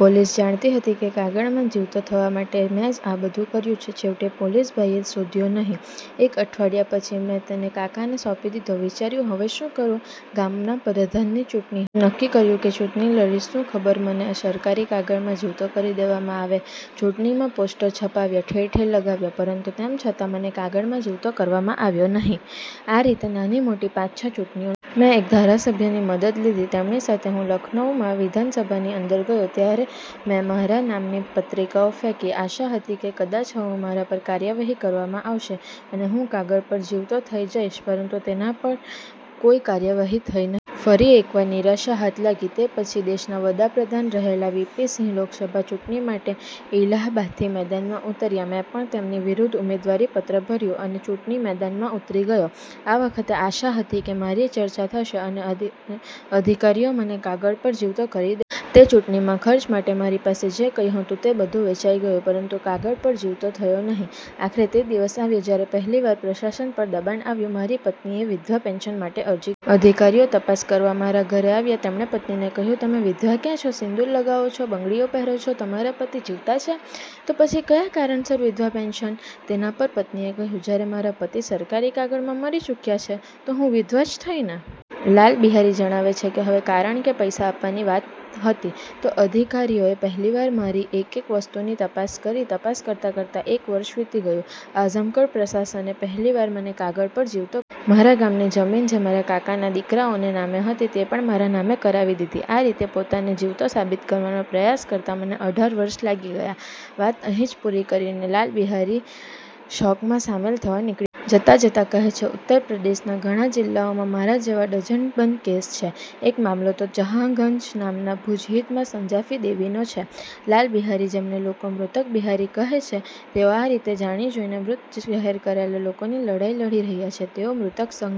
"Police જાણતી હતી કે કાગળમાં જીવતો થવા માટે મેં જ આ બધું કર્યું છે. છેવટે, પોલીસ ભાઈએ શોધ્યો નહીં. એક અઠવાડિયા પછી મેં તેને કાકાને સોંપી દીધો. વિચાર્યું હવે શું કરું? ગામના પ્રધાનની ચૂંટણી. નક્કી કર્યું કે ચૂંટણી લડીશ, શું ખબર મને સરકારી કાગળમાં જીવતો કરી દેવામાં આવે. ચૂંટણીમાં પોસ્ટર છપાવ્યા. ઠેર-ઠેર લગાવ્યા, પરંતુ તેમ છતાં મને કાગળમાં જીવતો કરવામાં આવ્યો નહીં. આ રીતે નાની-મોટી પાંચ-છ ચૂંટણીઓ. મેં એક ધારાસભ્યની મદદ લીધી. તેમની સાથે હું લખનઉમાં વિધાનસભાની અંદર ગયો. ત્યારે મેં મારા નામની પત્રિકાઓ ફેંકી. આશા હતી કે કદાચ હવે મારા પર કાર્યવાહી કરવામાં આવશે, અને હું કાગળ પર જીવતો થઈ જઈશ, પરંતુ તેના પર કોઈ કાર્યવાહી થઈ ન. ફરી એકવાર નિરાશા હાથ લાગી. તે પછી દેશના વડાપ્રધાન રહેલા વીપી સિંહ લોકસભા ચૂંટણી માટે ઇલાહાબાદથી મેદાનમાં ઉતર્યા. મેં પણ તેમની વિરુદ્ધ ઉમેદવારી પત્ર ભર્યું, અને ચૂંટણી મેદાનમાં ઉતરી ગયો. આ વખતે આશા હતી કે મારી ચર્ચા થશે અને અધિકારીઓ મને કાગળ પર જીવતો કરી દેશે. તે ચૂંટણીમાં ખર્ચ માટે મારી પાસે જે કંઈ હતું તે બધું વેચાઈ ગયું, પરંતુ કાગળ પર જીવતો થયો નહીં. આખરે, તે દિવસ આવ્યો જ્યારે પહેલીવાર પ્રશાસન પર દબાણ આવ્યું. મારી પત્નીએ વિધવા પેન્શન માટે અરજી. અધિકારીઓ તપાસ કરવા મારા ઘરે આવ્યા. તેમણે પત્નીને કહ્યું, "તમે વિધવા ક્યાં છો? સિંદૂર લગાવો છો, બંગડીઓ પહેરો છો, તમારા પતિ જીવતા છે, તો પછી કયા કારણસર વિધવા પેન્શન?" તેના પર પત્નીએ કહ્યું, "જ્યારે મારા પતિ સરકારી કાગળમાં મરી ચૂક્યા છે, તો હું તો વિધવા જ થઈ ને?" લાલ બિહારી જણાવે છે કે, "હવે કારણ કે પૈસા આપવાની વાત હતી, તો અધિકારીઓએ પહેલીવાર મારી એક-એક વસ્તુની તપાસ કરી. તપાસ કરતા-કરતા એક વર્ષ વીતી ગયું. આઝમગઢ પ્રશાસને પહેલીવાર મને કાગળ પર જીવતો. મારા ગામની જમીન, જે મારા કાકાના દીકરાઓને નામે હતી, તે પણ મારા નામે કરાવી દીધી. આ રીતે પોતાને જીવતો સાબિત કરવાનો પ્રયાસ કરતા મને અઢાર વર્ષ લાગી ગયા." વાત અહીં જ પૂરી કરીને લાલ બિહારી શોકમાં સામેલ થવા નીકળી. જતા-જતા કહે છે, "ઉત્તર પ્રદેશના ઘણા જિલ્લાઓમાં મારા જેવા ડઝનબંધ કેસ છે. એક મામલો તો જહાનગંજ ગામના ભુજહીંમાં સંજાફી દેવીનો છે." લાલ બિહારી, જેમને લોકો 'મૃતક બિહારી' કહે છે, તેઓ આ રીતે જાણી જોઈને મૃત જાહેર કરાયેલા લોકોની લડાઈ લડી રહ્યા છે. તેઓ 'મૃતક સંઘ'